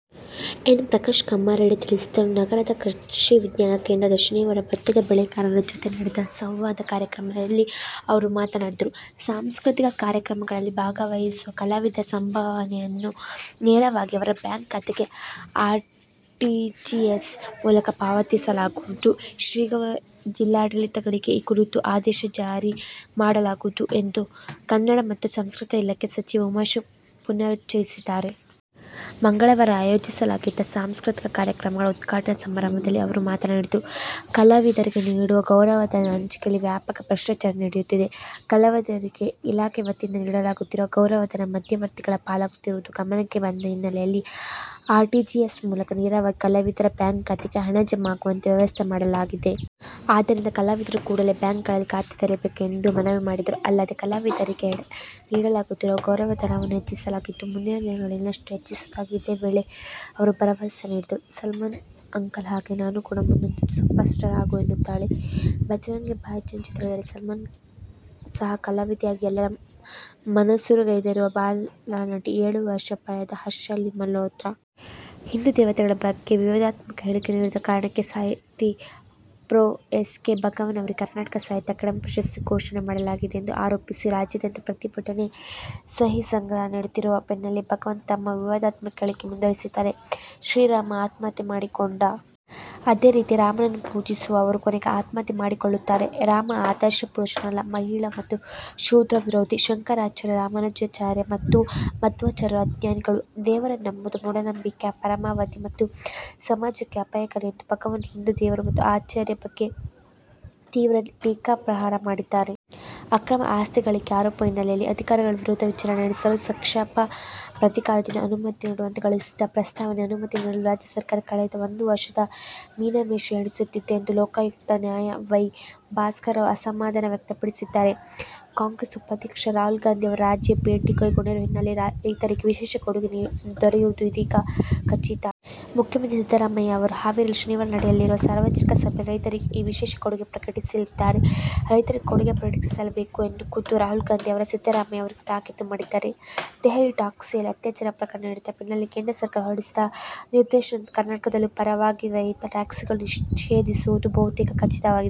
N. Prakash Kammaradi ತಿಳಿಸಿದರು. ನಗರದ ಕೃಷಿ ವಿಜ್ಞಾನ ಕೇಂದ್ರದಲ್ಲಿ ಶನಿವಾರ ಭತ್ತದ ಬೆಳೆಗಾರರ ಜೊತೆ ನಡೆದ ಸಂವಾದ ಕಾರ್ಯಕ್ರಮದಲ್ಲಿ ಅವರು ಮಾತನಾಡಿದರು. ಸಾಂಸ್ಕೃತಿಕ ಕಾರ್ಯಕ್ರಮಗಳಲ್ಲಿ ಭಾಗವಹಿಸುವ ಕಲಾವಿದರ ಸಂಭಾವನೆಯನ್ನು ನೇರವಾಗಿ ಅವರ ಬ್ಯಾಂಕ್ ಖಾತೆಗೆ ಆರ್ಟಿಜಿಎಸ್ ಮೂಲಕ ಪಾವತಿಸಲಾಗುವುದು. ಶೀಘ್ರವೇ ಜಿಲ್ಲಾಡಳಿತಗಳಿಗೆ ಈ ಕುರಿತು ಆದೇಶ ಜಾರಿ ಮಾಡಲಾಗುವುದು ಎಂದು ಕನ್ನಡ ಮತ್ತು ಸಂಸ್ಕೃತಿ ಇಲಾಖೆ ಸಚಿವೆ ಉಮಾಶ್ರೀ ಪುನರುಚ್ಚರಿಸಿದ್ದಾರೆ. ಮಂಗಳವಾರ ಆಯೋಜಿಸಲಾಗಿದ್ದ ಸಾಂಸ್ಕೃತಿಕ ಕಾರ್ಯಕ್ರಮಗಳ ಉದ್ಘಾಟನಾ ಸಮಾರಂಭದಲ್ಲಿ ಅವರು ಮಾತನಾಡಿದರು. ಕಲಾವಿದರಿಗೆ ನೀಡುವ ಗೌರವಧನದ ಹಂಚಿಕೆಯಲ್ಲಿ ವ್ಯಾಪಕ ಭ್ರಷ್ಟಾಚಾರ ನಡೆಯುತ್ತಿದೆ. ಕಲಾವಿದರಿಗೆ ಇಲಾಖೆ ವತಿಯಿಂದ ನೀಡಲಾಗುತ್ತಿರುವ ಗೌರವಧನ ಮಧ್ಯವರ್ತಿಗಳ ಪಾಲಾಗುತ್ತಿರುವುದು ಗಮನಕ್ಕೆ ಬಂದ ಹಿನ್ನೆಲೆಯಲ್ಲಿ ಆರ್ಟಿಜಿಎಸ್ ಮೂಲಕ ನೇರವಾಗಿ ಕಲಾವಿದರ ಬ್ಯಾಂಕ್ ಖಾತೆಗೆ ಹಣ ಜಮಾ ಆಗುವಂತೆ ವ್ಯವಸ್ಥೆ ಮಾಡಲಾಗಿದೆ. ಆದ್ದರಿಂದ ಕಲಾವಿದರು ಕೂಡಲೇ ಬ್ಯಾಂಕ್ಗಳಲ್ಲಿ ಖಾತೆ ತೆರೆಯಬೇಕು ಎಂದು ಮನವಿ ಮಾಡಿದರು. ಅಲ್ಲದೆ, ಕಲಾವಿದರಿಗೆ ನೀಡಲಾಗುತ್ತಿರುವ ಗೌರವಧನವನ್ನು ಹೆಚ್ಚಿಸಲಾಗಿದ್ದು, ಮುಂದಿನ ದಿನಗಳಲ್ಲಿ ಇನ್ನಷ್ಟು ಹೆಚ್ಚಿಸುವುದಾಗಿ ಇದೇ ವೇಳೆ ಅವರು ಭರವಸೆ ನೀಡಿದರು. "ಸಲ್ಮಾನ್ ಅಂಕಲ್ ಹಾಗೆ ನಾನು ಕೂಡ ಮುಂದೊಂದು ಸೂಪರ್ ಸ್ಟಾರ್ ಅಗುವೆ' ಎನ್ನುತ್ತಾಳೆ "ಬಜರಂಗಿ ಭಾಯಿಜಾನ್' ಚಿತ್ರದಲ್ಲಿ ಸಲ್ಮಾನ್ ಸಹ ಕಲಾವಿದೆಯಾಗಿ ಎಲ್ಲರ ಮನಸೂರೆಗೈದಿರುವ ಬಾಲ ನಟಿ, ಏಳು ವರ್ಷ ಪ್ರಾಯದ ಹರ್ಷಾಲಿ ಮಲ್ಹೋತ್ರಾ. ಹಿಂದೂ ದೇವತೆಗಳ ಬಗ್ಗೆ ವಿವಾದಾತ್ಮಕ ಹೇಳಿಕೆ ನೀಡಿದ ಕಾರಣಕ್ಕೆ ಸಾಹಿತಿ ಪ್ರೊ. ಎಸ್. ಕೆ. ಭಗವಾನ್ ಅವರಿಗೆ ಕರ್ನಾಟಕ ಸಾಹಿತ್ಯ ಅಕಾಡೆಮಿ ಪ್ರಶಸ್ತಿ ಘೋಷಣೆ ಮಾಡಲಾಗಿದೆ ಎಂದು ಆರೋಪಿಸಿ ರಾಜ್ಯಾದ್ಯಂತ ಪ್ರತಿಭಟನೆ, ಸಹಿ ಸಂಗ್ರಹ ನಡೆಯುತ್ತಿರುವ ಬೆನ್ನಲ್ಲೇ ಭಗವಾನ್ ತಮ್ಮ ವಿವಾದಾತ್ಮಕ ಹೇಳಿಕೆ ಮುಂದುವರಿಸಿದ್ದಾರೆ. ಶ್ರೀರಾಮ ಆತ್ಮಹತ್ಯೆ ಮಾಡಿಕೊಂಡ. ಅದೇ ರೀತಿ ರಾಮನನ್ನು ಪೂಜಿಸುವವರು ಕೊನೆಗೆ ಆತ್ಮಹತ್ಯೆ ಮಾಡಿಕೊಳ್ಳುತ್ತಾರೆ. ರಾಮ ಆದರ್ಶ ಪುರುಷನಲ್ಲ, ಮಹಿಳಾ ಮತ್ತು ಶೂದ್ರ ವಿರೋಧಿ. ಶಂಕರಾಚಾರ್ಯ, ರಾಮಾನುಜಾಚಾರ್ಯ ಮತ್ತು ಮಧ್ವಾಚಾರ್ಯರು ಅಜ್ಞಾನಿಗಳು. ದೇವರನ್ನು ನಂಬುವುದು ಮೂಢನಂಬಿಕೆಯ ಪರಮಾವಧಿ ಮತ್ತು ಸಮಾಜಕ್ಕೆ ಅಪಾಯಕಾರಿ ಎಂದು ಭಗವಾನ್ ಹಿಂದೂ ದೇವರು ಮತ್ತು ಆಚಾರ್ಯರ ಬಗ್ಗೆ ತೀವ್ರ ಟೀಕಾಪ್ರಹಾರ ಮಾಡಿದ್ದಾರೆ. ಅಕ್ರಮ ಆಸ್ತಿ ಗಳಿಕೆ ಆರೋಪ ಹಿನ್ನೆಲೆಯಲ್ಲಿ ಅಧಿಕಾರಿಗಳ ವಿರುದ್ಧ ವಿಚಾರಣೆ ನಡೆಸಲು ಸಕ್ಷಮ ಪ್ರಾಧಿಕಾರದಿಂದ ಅನುಮತಿ ನೀಡುವಂತೆ ಕಳುಹಿಸಿದ್ದ ಪ್ರಸ್ತಾವನೆಗೆ ಅನುಮತಿ ನೀಡಲು ರಾಜ್ಯ ಸರ್ಕಾರ ಕಳೆದ ಒಂದು ವರ್ಷದಿಂದ ಮೀನಮೇಷ ಎಣಿಸುತ್ತಿದೆ ಎಂದು ಲೋಕಾಯುಕ್ತ ನ್ಯಾ. ವೈ. ಭಾಸ್ಕರ್ರಾವ್ ಅಸಮಾಧಾನ ವ್ಯಕ್ತಪಡಿಸಿದ್ದಾರೆ. ಕಾಂಗ್ರೆಸ್ ಉಪಾಧ್ಯಕ್ಷ ರಾಹುಲ್ ಗಾಂಧಿ ಅವರು ರಾಜ್ಯ ಭೇಟಿ ಕೈಗೊಂಡಿರುವ ಹಿನ್ನೆಲೆಯಲ್ಲಿ ರೈತರಿಗೆ ವಿಶೇಷ ಕೊಡುಗೆ ದೊರೆಯುವುದು ಇದೀಗ ಖಚಿತ. ಮುಖ್ಯಮಂತ್ರಿ ಸಿದ್ದರಾಮಯ್ಯ ಅವರು ಹಾವೇರಿಯಲ್ಲಿ ಶನಿವಾರ ನಡೆಯಲಿರುವ ಸಾರ್ವಜನಿಕ ಸಭೆಯಲ್ಲಿ ರೈತರಿಗೆ ಈ ವಿಶೇಷ ಕೊಡುಗೆ ಪ್ರಕಟಿಸಲಿದ್ದಾರೆ. ರೈತರಿಗೆ ಕೊಡುಗೆ ಪ್ರಕಟಿಸಲೇಬೇಕು ಎಂದು ಖುದ್ದು ರಾಹುಲ್ ಗಾಂಧಿ ಅವರು ಸಿದ್ದರಾಮಯ್ಯ ಅವರಿಗೆ ತಾಕೀತು ಮಾಡಿದ್ದಾರೆ. ದೆಹಲಿ ಟ್ಯಾಕ್ಸಿಯಲ್ಲಿ ಅತ್ಯಾಚಾರ ಪ್ರಕರಣ ನಡೆದ ಬೆನ್ನಲ್ಲೇ ಕೇಂದ್ರ ಸರ್ಕಾರ ಹೊರಡಿಸಿದ ನಿರ್ದೇಶನದಂತೆ ಕರ್ನಾಟಕದಲ್ಲೂ ಪರವಾನಗಿರಹಿತ ಟ್ಯಾಕ್ಸಿಗಳನ್ನು ನಿಷೇಧಿಸುವುದು ಬಹುತೇಕ ಖಚಿತವಾಗಿದೆ.